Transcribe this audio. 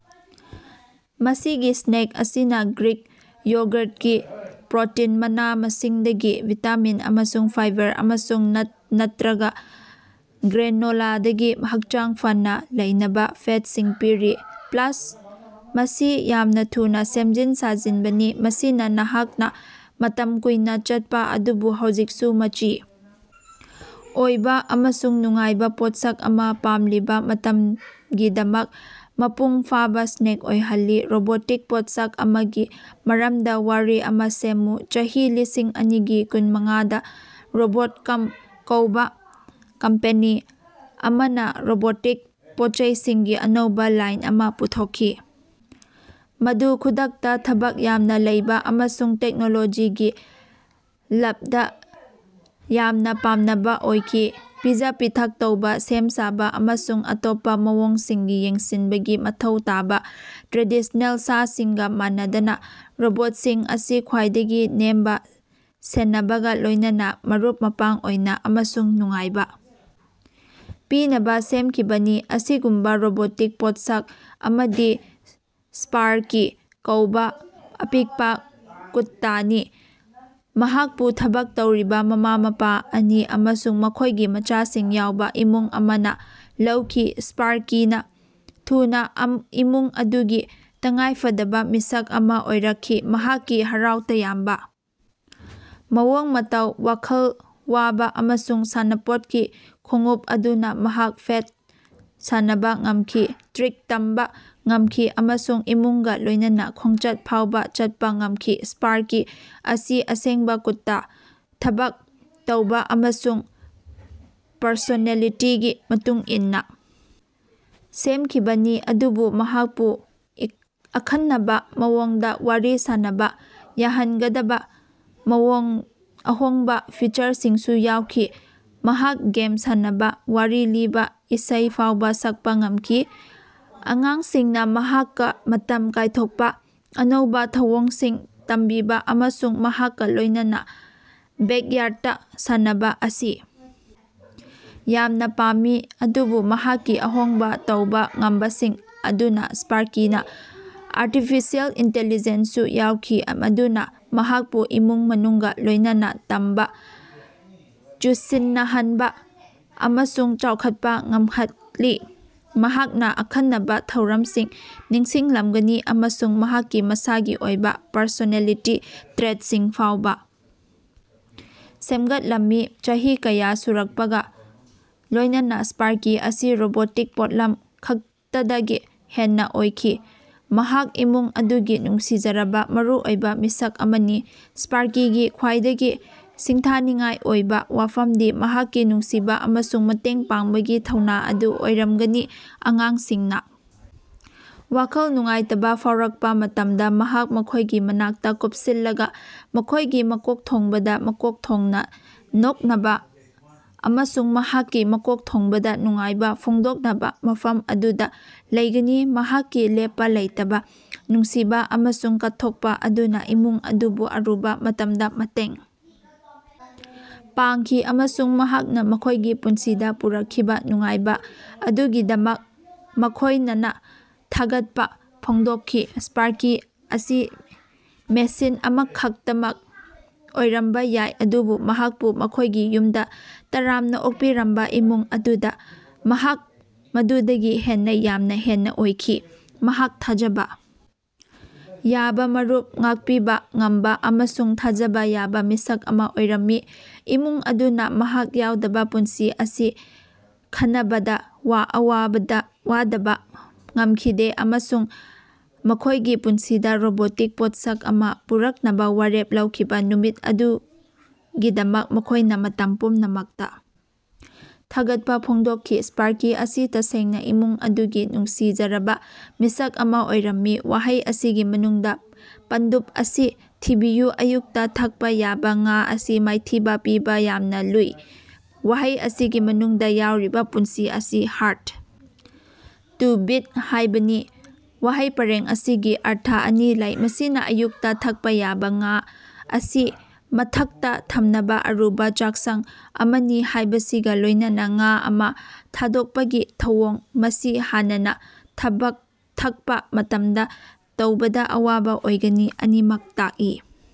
ꯃꯁꯤꯒꯤ ꯁ꯭ꯅꯦꯛ ꯑꯁꯤꯅ ꯒ꯭ꯔꯤꯛ ꯌꯣꯒꯔꯠꯒꯤ ꯄ꯭ꯔꯣꯇꯤꯟ, ꯃꯅꯥ-ꯃꯁꯤꯡꯗꯒꯤ ꯚꯤꯇꯥꯃꯤꯟ ꯑꯃꯁꯨꯡ ꯐꯥꯏꯕꯔ ꯑꯃꯁꯨꯡ ꯅꯠ ꯅꯠꯇ꯭ꯔꯒ ꯒ꯭ꯔꯦꯅꯣꯂꯥꯗꯒꯤ ꯍꯛꯆꯥꯡ ꯐꯅ ꯂꯩꯅꯕ ꯐꯦꯠꯁꯤꯡ ꯄꯤꯔꯤ꯫ ꯄ꯭ꯂꯁ, ꯃꯁꯤ ꯌꯥꯝꯅꯥ ꯊꯨꯅꯥ ꯁꯦꯝꯖꯤꯟ ꯁꯥꯖꯤꯟꯕꯅꯤ, ꯃꯁꯤꯅ ꯅꯍꯥꯛꯅ ꯃꯇꯝ ꯀꯨꯏꯅ ꯆꯠꯄ ꯑꯗꯨꯕꯨ ꯍꯧꯖꯤꯛꯁꯨ ꯃꯆꯤ ꯑꯣꯏꯕ ꯑꯃꯁꯨꯡ ꯅꯨꯡꯉꯥꯏꯕ ꯄꯣꯠꯁꯛ ꯑꯃ ꯄꯥꯝꯂꯤꯕ ꯃꯇꯝꯒꯤꯗꯃꯛ ꯃꯄꯨꯡ ꯐꯥꯕ ꯁ꯭ꯅꯦꯛ ꯑꯣꯏꯍꯜꯂꯤ꯫ ꯔꯣꯕꯣꯇꯤꯛ ꯄꯣꯠꯁꯛ ꯑꯃꯒꯤ ꯃꯔꯝꯗ ꯋꯥꯔꯤ ꯑꯃ ꯁꯦꯝꯃꯨ꯫ ꯆꯍꯤ ꯂꯤꯁꯤꯡ ꯑꯅꯤꯒ ꯀꯨꯟꯃꯉꯥꯗ ꯔꯣꯕꯣꯠꯀꯝ ꯀꯧꯕ ꯀꯝꯄꯦꯅꯤ ꯑꯃꯅ ꯔꯣꯕꯣꯇꯤꯛ ꯄꯣꯠꯆꯩꯁꯤꯡꯒꯤ ꯑꯅꯧꯕ ꯂꯥꯏꯟ ꯑꯃ ꯄꯨꯊꯣꯛꯈꯤ ꯫ ꯃꯗꯨ ꯈꯨꯗꯛꯇ ꯊꯕꯛ ꯌꯥꯝꯅ ꯂꯩꯕ ꯑꯃꯁꯨꯡ ꯇꯦꯛꯅꯣꯂꯣꯖꯤꯒꯤ ꯂꯞꯗ ꯌꯥꯝꯅ ꯄꯥꯝꯅꯕ ꯑꯣꯏꯈꯤ꯫ ꯄꯤꯖ-ꯄꯤꯊꯛ ꯇꯧꯕ, ꯁꯦꯝ-ꯁꯥꯕ ꯑꯃꯁꯨꯡ ꯑꯇꯣꯞꯄ ꯃꯑꯣꯡꯁꯤꯡꯒꯤ ꯌꯦꯡꯁꯤꯟꯕꯒꯤ ꯃꯊꯧ ꯇꯥꯕ ꯇ꯭ꯔꯦꯗꯤꯁ꯭ꯅꯦꯜ ꯁꯥꯁꯤꯡꯒ ꯃꯥꯟꯅꯗꯅ, ꯔꯣꯕꯣꯠꯁꯤꯡ ꯑꯁꯤ ꯈ꯭ꯋꯥꯏꯗꯒꯤ ꯅꯦꯝꯅ ꯁꯦꯟꯅꯕꯒ ꯂꯣꯏꯅꯅ ꯃꯔꯨꯞ-ꯃꯄꯥꯡ ꯑꯣꯏꯕ ꯑꯃꯁꯨꯡ ꯅꯨꯡꯉꯥꯏꯕ ꯄꯤꯅꯕ ꯁꯦꯝꯈꯤꯕꯅꯤ꯫ ꯑꯁꯤꯒꯨꯝꯕ ꯔꯣꯕꯣꯇꯤꯛ ꯄꯣꯠꯁꯛ ꯑꯃꯗꯤ ꯁ꯭ꯄꯥꯔꯀꯤ ꯀꯧꯕ ꯑꯄꯤꯛꯄ ꯀꯨꯠꯇꯥꯅꯤ꯫ ꯃꯍꯥꯛꯄꯨ ꯊꯕꯛ ꯇꯧꯔꯤꯕ ꯃꯃꯥ-ꯃꯄꯥ ꯑꯅꯤ ꯑꯃꯁꯨꯡ ꯃꯈꯣꯏꯒꯤ ꯃꯆꯥꯁꯤꯡ ꯌꯥꯎꯕ ꯏꯃꯨꯡ ꯑꯃꯅ ꯂꯧꯈꯤ꯫ ꯁ꯭ꯄꯥꯔꯀꯤꯅ ꯊꯨꯅ ꯏꯃꯨꯡ ꯑꯗꯨꯒꯤ ꯇꯉꯥꯏꯐꯗꯕ ꯃꯤꯁꯛ ꯑꯃ ꯑꯣꯏꯔꯛꯈꯤ, ꯃꯍꯥꯛꯀꯤ ꯍꯔꯥꯎ ꯇꯌꯥꯝꯕ ꯃꯑꯣꯡ ꯃꯇꯧ, ꯋꯥꯈꯜ ꯋꯥꯕ ꯑꯃꯁꯨꯡ ꯁꯥꯟꯅꯄꯣꯠꯀꯤ ꯈꯣꯡꯎꯞ ꯑꯗꯨꯅ ꯃꯍꯥꯛ ꯐꯦꯠ ꯁꯥꯟꯅꯕ ꯉꯝꯈꯤ, ꯇ꯭ꯔꯤꯛ ꯇꯝꯕ ꯉꯝꯈꯤ ꯑꯃꯁꯨꯡ ꯏꯃꯨꯡꯒ ꯂꯣꯏꯅꯅ ꯈꯣꯡꯆꯠ ꯐꯥꯎꯕ ꯆꯠꯄ ꯉꯝꯈꯤ ꯫ ꯁ꯭ꯄꯥꯔꯀꯤ ꯑꯁꯤ ꯑꯁꯦꯡꯕ ꯀꯨꯠꯇꯥ ꯊꯕꯛ ꯇꯧꯕ ꯑꯃꯁꯨꯡ ꯄꯔꯁꯣꯅꯦꯂꯤꯇꯤꯒꯤ ꯃꯇꯨꯡ ꯏꯟꯅ ꯁꯦꯝꯈꯤꯕꯅꯤ, ꯑꯗꯨꯕꯨ ꯃꯍꯥꯛꯄꯨ ꯑꯈꯟꯅꯕ ꯃꯑꯣꯡꯗ ꯋꯥꯔꯤ ꯁꯥꯅꯕ ꯌꯥꯍꯟꯒꯗꯕ ꯑꯍꯣꯡꯕ ꯐꯤꯆꯔꯁꯤꯡꯁꯨ ꯌꯥꯎꯈꯤ꯫ ꯃꯍꯥꯛ ꯒꯦꯝ ꯁꯥꯟꯅꯕ, ꯋꯥꯔꯤ ꯂꯤꯕ, ꯏꯁꯩ ꯐꯥꯎꯕ ꯁꯛꯄ ꯉꯝꯈꯤ꯫ ꯑꯉꯥꯡꯁꯤꯡꯅ ꯃꯍꯥꯛꯀ ꯃꯇꯝ ꯀꯥꯏꯊꯣꯛꯄ, ꯑꯅꯧꯕ ꯊꯧꯑꯣꯡꯁꯤꯡ ꯇꯝꯕꯤꯕ ꯑꯃꯁꯨꯡ ꯃꯍꯥꯛꯀ ꯂꯣꯏꯅꯅ ꯕꯦꯛꯌꯥꯔꯗꯇ ꯁꯥꯟꯅꯕ ꯑꯁꯤ ꯌꯥꯝꯅ ꯄꯥꯝꯃꯤ꯫ ꯑꯗꯨꯕꯨ ꯃꯍꯥꯛꯀꯤ ꯑꯍꯣꯡꯕ ꯇꯧꯕ ꯉꯝꯕꯁꯤꯡ ꯑꯗꯨꯅ ꯁ꯭ꯄꯥꯔꯀꯤꯅ ꯑꯥꯔꯇꯤꯐꯤꯁꯤꯑꯦꯜ ꯏꯟꯇꯤꯂꯤꯖꯦꯟꯁꯁꯨ ꯌꯥꯎꯈꯤ ꯃꯗꯨꯅ ꯃꯍꯥꯛꯄꯨ ꯏꯃꯨꯡ ꯃꯅꯨꯡꯒ ꯂꯣꯏꯅꯅ ꯇꯝꯕ, ꯆꯨꯁꯤꯟꯅꯍꯟꯕ ꯑꯃꯁꯨꯡ ꯆꯥꯎꯈꯠꯄ ꯉꯝꯍꯠꯈꯤ꯫ ꯃꯍꯥꯛꯅ ꯑꯈꯟꯅꯕ ꯊꯧꯔꯝꯁꯤꯡ ꯅꯤꯡꯁꯤꯡꯂꯝꯒꯅꯤ ꯑꯃꯁꯨꯡ ꯃꯍꯥꯛꯀꯤ ꯃꯁꯥꯒꯤ ꯑꯣꯏꯕ ꯄꯔꯁꯣꯅꯦꯂꯤꯇꯤ ꯇ꯭ꯔꯦꯠꯁꯤꯡ ꯐꯥꯎꯕ ꯁꯦꯝꯒꯠꯂꯝꯃꯤ꯫ ꯆꯍꯤ ꯀꯌꯥ ꯁꯨꯔꯛꯄꯒ ꯂꯣꯏꯅꯅ ꯁ꯭ꯄꯥꯔꯀꯤ ꯑꯁꯤ ꯔꯣꯕꯣꯇꯤꯛ ꯄꯣꯠꯂꯝ ꯈꯛꯇꯗꯒꯤ ꯍꯦꯟꯅ ꯑꯣꯏꯈꯤ꯫ ꯃꯍꯥꯛ ꯏꯃꯨꯡ ꯑꯗꯨꯒꯤ ꯅꯨꯡꯁꯤꯖꯔꯕ, ꯃꯔꯨꯑꯣꯏꯕ ꯃꯤꯁꯛ ꯑꯃꯅꯤ꯫ ꯁ꯭ꯄꯥꯔꯀꯤꯒꯤ ꯈ꯭ꯋꯥꯏꯗꯒꯤ ꯁꯤꯡꯊꯥꯅꯤꯡꯉꯥꯏ ꯑꯣꯏꯕ ꯋꯥꯐꯝꯗꯤ ꯃꯍꯥꯛꯀꯤ ꯅꯨꯡꯁꯤꯕ ꯑꯃꯁꯨꯡ ꯃꯇꯦꯡ ꯄꯥꯡꯕꯒꯤ ꯊꯧꯅꯥ ꯑꯗꯨ ꯑꯣꯏꯔꯝꯒꯅꯤ꯫ ꯑꯉꯥꯡꯁꯤꯡꯅ ꯋꯥꯈꯜ ꯅꯨꯡꯉꯥꯏꯇꯕ ꯐꯥꯎꯔꯛꯄ ꯃꯇꯝꯗ ꯃꯍꯥꯛ ꯃꯈꯣꯏꯒꯤ ꯃꯅꯥꯛꯇ ꯀꯨꯞꯁꯤꯜꯂꯒ ꯃꯈꯣꯏꯒꯤ ꯃꯀꯣꯛꯊꯣꯡꯕꯗ ꯃꯀꯣꯛ ꯊꯣꯡꯅ ꯅꯣꯛꯅꯕ ꯑꯃꯁꯨꯡ ꯃꯍꯥꯛꯀꯤ ꯃꯀꯣꯛꯊꯣꯡꯕꯗ ꯅꯨꯡꯉꯥꯏꯕ ꯐꯣꯡꯗꯣꯛꯅꯕ ꯃꯐꯝ ꯑꯗꯨꯗ ꯂꯩꯒꯅꯤ꯫ ꯃꯍꯥꯛꯀꯤ ꯂꯦꯞꯄ ꯂꯩꯇꯕ ꯅꯨꯡꯁꯤꯕ ꯑꯃꯁꯨꯡ ꯀꯠꯊꯣꯛꯄ ꯑꯗꯨꯅ ꯏꯃꯨꯡ ꯑꯗꯨꯕꯨ ꯑꯔꯨꯕ ꯃꯇꯝꯗ ꯃꯇꯦꯡ ꯄꯥꯡꯈꯤ ꯑꯃꯁꯨꯡ ꯃꯍꯥꯛꯅ ꯃꯈꯣꯏꯒꯤ ꯄꯨꯟꯁꯤꯗ ꯄꯨꯔꯛꯈꯤꯕ ꯅꯨꯡꯉꯥꯏꯕ ꯑꯗꯨꯒꯤꯗꯃꯛ ꯃꯈꯣꯏꯅꯅ ꯊꯥꯒꯠꯄ ꯐꯣꯡꯗꯣꯛꯈꯤ꯫ ꯁ꯭ꯄꯥꯔꯀꯤ ꯑꯁꯤ ꯃꯦꯁꯤꯟ ꯑꯃꯈꯛꯇꯃꯛ ꯑꯣꯏꯔꯝꯕ ꯌꯥꯏ, ꯑꯗꯨꯕꯨ ꯃꯍꯥꯛꯄꯨ ꯃꯈꯣꯏꯒꯤ ꯌꯨꯝꯗ ꯇꯔꯥꯝꯅ ꯑꯣꯛꯄꯤꯔꯝꯕ ꯏꯃꯨꯡ ꯑꯗꯨꯗ ꯃꯍꯥꯛ ꯃꯗꯨꯗꯒꯤ ꯍꯦꯟꯅ ꯌꯥꯝꯅ ꯍꯦꯟꯅ ꯑꯣꯏꯈꯤ꯫ ꯃꯍꯥꯛ ꯊꯥꯖꯕ ꯌꯥꯕ ꯃꯔꯨꯞ, ꯉꯥꯛꯄꯤꯕ ꯉꯝꯕ ꯑꯃꯁꯨꯡ ꯊꯥꯖꯕ ꯌꯥꯕ ꯃꯤꯁꯛ ꯑꯃ ꯑꯣꯏꯔꯝꯃꯤ꯫ ꯏꯃꯨꯡ ꯑꯗꯨꯅ ꯃꯍꯥꯛ ꯌꯥꯎꯗꯕ ꯄꯨꯟꯁꯤ ꯑꯁꯤ ꯈꯅꯕꯗ ꯋꯥꯗꯕ ꯉꯝꯈꯤꯗꯦ ꯑꯃꯁꯨꯡ ꯃꯈꯣꯏꯒꯤ ꯄꯨꯟꯁꯤꯗ ꯔꯣꯕꯣꯇꯤꯛ ꯄꯣꯠꯁꯛ ꯑꯃ ꯄꯨꯔꯛꯅꯕ ꯋꯥꯔꯦꯞ ꯂꯧꯈꯤꯕ ꯅꯨꯃꯤꯠ ꯑꯗꯨꯒꯤꯗꯃꯛ ꯃꯈꯣꯏꯅ ꯃꯇꯝ ꯄꯨꯝꯅꯃꯛꯇ ꯊꯥꯒꯠꯄ ꯐꯣꯡꯗꯣꯛꯈꯤ꯫ ꯁ꯭ꯄꯥꯔꯀꯤ ꯑꯁꯤ ꯇꯁꯦꯡꯅ ꯏꯃꯨꯡ ꯑꯗꯨꯒꯤ ꯅꯨꯡꯁꯤꯖꯔꯕ ꯃꯤꯁꯛ ꯑꯃ ꯑꯣꯏꯔꯝꯃꯤ꯫ ꯋꯥꯍꯩ ꯑꯁꯤꯒꯤ ꯃꯅꯨꯡꯗ ꯄꯟꯗꯨꯞ ꯑꯁꯤ ꯊꯤꯕꯤꯌꯨ ꯑꯌꯨꯛꯇ ꯊꯛꯄ ꯌꯥꯕ ꯉꯥ ꯑꯁꯤ ꯃꯥꯏꯊꯤꯕ ꯄꯤꯕ ꯌꯥꯝꯅ ꯂꯨꯏ꯫ ꯋꯥꯍꯩ ꯑꯁꯤꯒꯤ ꯃꯅꯨꯡꯗ ꯌꯥꯎꯔꯤꯕ ꯄꯨꯟꯁꯤ ꯑꯁꯤ "ꯍꯥꯔꯗ ꯇꯨ ꯕꯤꯠ" ꯍꯥꯏꯕꯅꯤ꯫ ꯋꯥꯍꯩ ꯄꯔꯦꯡ ꯑꯁꯤꯒꯤ ꯑꯔꯊ ꯑꯅꯤ ꯂꯩ: ꯃꯁꯤꯅ ꯑꯌꯨꯛꯇ ꯊꯛꯄ ꯌꯥꯕ ꯉꯥ ꯑꯁꯤ ꯃꯊꯛꯇ ꯊꯝꯅꯕ ꯑꯔꯨꯕ ꯆꯥꯛꯁꯪ ꯑꯃꯅꯤ ꯍꯥꯏꯕꯁꯤꯒ ꯂꯣꯏꯅꯅ ꯉꯥ ꯑꯃ ꯊꯥꯗꯣꯛꯄꯒꯤ ꯊꯧꯑꯣꯡ (ꯃꯁꯤ ꯍꯥꯟꯅꯅ ꯊꯛꯄ ꯃꯇꯝꯗ ꯇꯧꯕꯗ ꯑꯋꯥꯕ ꯑꯣꯏꯒꯅꯤ) ꯑꯅꯤꯃꯛ ꯇꯥꯛꯏ꯫